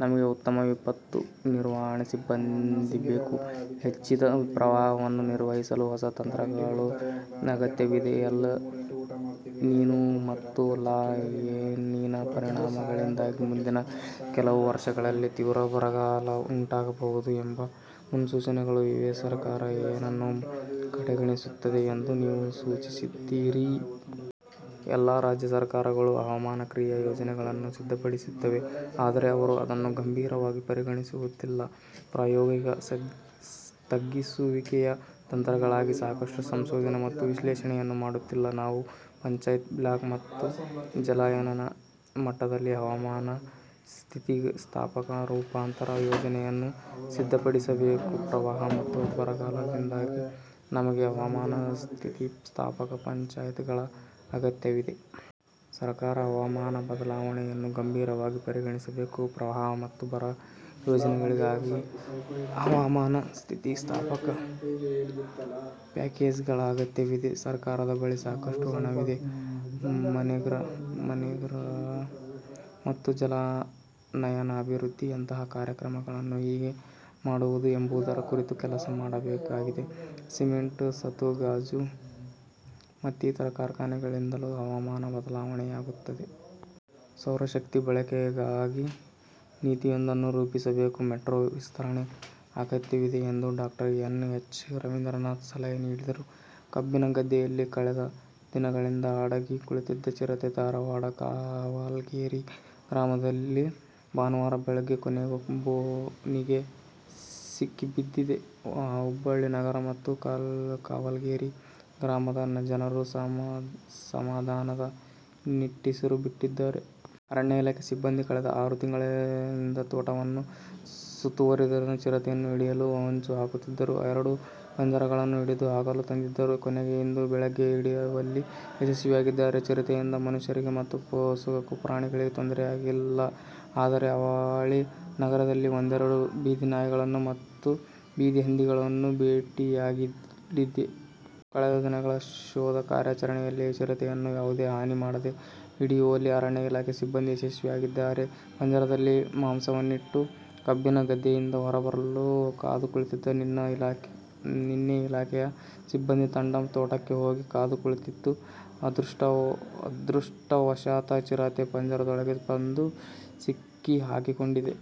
ನಮಗೆ ಉತ್ತಮ ವಿಪತ್ತು ನಿರ್ವಹಣಾ ಸಿಬ್ಬಂದಿ ಬೇಕು. ಹೆಚ್ಚಿದ ಪ್ರವಾಹವನ್ನು ನಿರ್ವಹಿಸಲು ಹೊಸ ತಂತ್ರಗಳು ಅಗತ್ಯವಿದೆ. ಎಲ್ ನಿನೊ ಮತ್ತು ಲಾ ನಿನಾ ಪರಿಣಾಮಗಳಿಂದಾಗಿ ಮುಂದಿನ ಕೆಲವು ವರ್ಷಗಳಲ್ಲಿ ತೀವ್ರ ಬರಗಾಲ ಉಂಟಾಗಬಹುದು ಎಂಬ ಮುನ್ಸೂಚನೆಗಳೂ ಇವೆ. ಸರ್ಕಾರ ಏನನ್ನು ಕಡೆಗಣಿಸುತ್ತಿದೆ ಎಂದು ನೀವು ಯೋಚಿಸುತ್ತೀರಿ? ಎಲ್ಲಾ ರಾಜ್ಯ ಸರ್ಕಾರಗಳು ಹವಾಮಾನ ಕ್ರಿಯಾ ಯೋಜನೆಗಳನ್ನು ಸಿದ್ಧಪಡಿಸುತ್ತಿವೆ, ಆದರೆ ಅವರು ಅದನ್ನು ಗಂಭೀರವಾಗಿ ಪರಿಗಣಿಸುತ್ತಿಲ್ಲ. ಪ್ರಾಯೋಗಿಕ ತಗ್ಗಿಸುವಿಕೆಯ ತಂತ್ರಗಳಿಗಾಗಿ ಸಾಕಷ್ಟು ಸಂಶೋಧನೆ ಮತ್ತು ವಿಶ್ಲೇಷಣೆಯನ್ನು ಮಾಡುತ್ತಿಲ್ಲ. ನಾವು ಪಂಚಾಯತ್, ಬ್ಲಾಕ್ ಮತ್ತು ಜಲಾನಯನ ಮಟ್ಟದಲ್ಲಿ ಹವಾಮಾನ-ಸ್ಥಿತಿಸ್ಥಾಪಕ ರೂಪಾಂತರ ಯೋಜನೆಗಳನ್ನು ಸಿದ್ಧಪಡಿಸಬೇಕು. ಪ್ರವಾಹ ಮತ್ತು ಬರಗಾಲದಿಂದಾಗಿ ನಮಗೆ ಹವಾಮಾನ-ಸ್ಥಿತಿಸ್ಥಾಪಕ ಪಂಚಾಯತ್ಗಳ ಅಗತ್ಯವಿದೆ. ಸರ್ಕಾರ ಹವಾಮಾನ ಬದಲಾವಣೆಯನ್ನು ಗಂಭೀರವಾಗಿ ಪರಿಗಣಿಸಬೇಕು ಪ್ರವಾಹ ಮತ್ತು ಬರ ಯೋಜನೆಗಳಿಗಾಗಿ ಹವಾಮಾನ-ಸ್ಥಿತಿಸ್ಥಾಪಕ ಪ್ಯಾಕೇಜ್ಗಳ ಅಗತ್ಯವಿದೆ. ಸರ್ಕಾರದ ಬಳಿ ಸಾಕಷ್ಟು ಹಣವಿದೆ. ಮನ್ರೇಗಾ ಮತ್ತು ಜಲಾನಯನ ಅಭಿವೃದ್ಧಿಯಂತಹ ಕಾರ್ಯಕ್ರಮಗಳನ್ನು ಹೇಗೆ ಮಾಡುವುದು ಎಂಬುದರ ಕುರಿತು ಕೆಲಸ ಮಾಡಬೇಕಾಗಿದೆ. ಸಿಮೆಂಟ್, ಸತು, ಗಾಜು ಮತ್ತಿತರ ಕಾರ್ಖಾನೆಗಳಿಂದಲೂ ಹವಾಮಾನ ಬದಲಾವಣೆಯಾಗುತ್ತಿದೆ. ಸೌರ ಶಕ್ತಿ ಬಳಕೆಗಾಗಿ ನೀತಿಯೊಂದನ್ನು ರೂಪಿಸಬೇಕು, ಮೆಟ್ರೋ ವಿಸ್ತರಣೆ ಅಗತ್ಯವಿದೆ ಎಂದು ಡಾ. ಎನ್. ಎಚ್. ರವೀಂದ್ರನಾಥ್ ಸಲಹೆ ನೀಡಿದರು. ಕಬ್ಬಿನ ಗದ್ದೆಯಲ್ಲಿ ಕಳೆದ ದಿನಗಳಿಂದ ಅಡಗಿ ಕುಳಿತಿದ್ದ ಚಿರತೆ ಧಾರವಾಡದ ಕಾವಲ್ಗೇರಿ ಗ್ರಾಮದಲ್ಲಿ ಭಾನುವಾರ ಬೆಳಗ್ಗೆ ಕೊನೆಗೂ ಬೋನಿಗೆ ಸಿಕ್ಕಿಬಿದ್ದಿದೆ. ಹುಬ್ಬಳ್ಳಿ ನಗರ ಮತ್ತು ಕಾವಲ್ಗೇರಿ ಗ್ರಾಮದ ಜನರು ಸಮಾಧಾನದ ನಿಟ್ಟುಸಿರು ಬಿಟ್ಟಿದ್ದಾರೆ. ಅರಣ್ಯ ಇಲಾಖೆ ಸಿಬ್ಬಂದಿ ಕಳೆದ ಆರು ದಿನಗಳಿಂದ ತೋಟವನ್ನು ಸುತ್ತುವರಿದು ಚಿರತೆಯನ್ನು ಹಿಡಿಯಲು ಹೊಂಚುಹಾಕುತ್ತಿದ್ದರು. ಎರಡು ಪಂಜರಗಳನ್ನು ಹಿಡಿದು ಹಾಕಲು ತಂದಿದ್ದರು. ಕೊನೆಗೂ ಇಂದು ಬೆಳಗ್ಗೆ ಹಿಡಿಯುವಲ್ಲಿ ಯಶಸ್ವಿಯಾಗಿದ್ದಾರೆ. ಚಿರತೆಯಿಂದ ಮನುಷ್ಯರಿಗೆ ಮತ್ತು ಸಾಕುಪ್ರಾಣಿಗಳಿಗೆ ತೊಂದರೆಯಾಗಿಲ್ಲ, ಆದರೆ ಅವಳಿ ನಗರದಲ್ಲಿ ಒಂದೆರಡು ಬೀದಿನಾಯಿಗಳನ್ನು ಮತ್ತು ಬೀದಿ ಹಂದಿಗಳನ್ನು ಬೇಟೆಯಾಡಿದೆ. ಕಳೆದ ದಿನಗಳ ಶೋಧ ಕಾರ್ಯಾಚರಣೆಯಲ್ಲಿ ಚಿರತೆಯನ್ನು ಯಾವುದೇ ಹಾನಿ ಮಾಡದೆ ಹಿಡಿಯುವಲ್ಲಿ ಅರಣ್ಯ ಇಲಾಖೆ ಸಿಬ್ಬಂದಿ ಯಶಸ್ವಿಯಾಗಿದ್ದಾರೆ. ಪಂಜರದಲ್ಲಿ ಮಾಂಸವನ್ನಿಟ್ಟು ಕಬ್ಬಿನ ಗದ್ದೆಯಿಂದ ಹೊರಬರಲು ಕಾದು ಕುಳಿತಿದ್ದರು. ನಿನ್ನೆ ಇಲಾಖೆಯ ಸಿಬ್ಬಂದಿ ತಂಡ ತೋಟಕ್ಕೆ ಹೋಗಿ ಕಾದು ಕುಳಿತಿತ್ತು. ಅದೃಷ್ಟವಶಾತ್ ಚಿರತೆ ಪಂಜರದೊಳಗೆ ಬಂದು ಸಿಕ್ಕಿಹಾಕಿಕೊಂಡಿದೆ.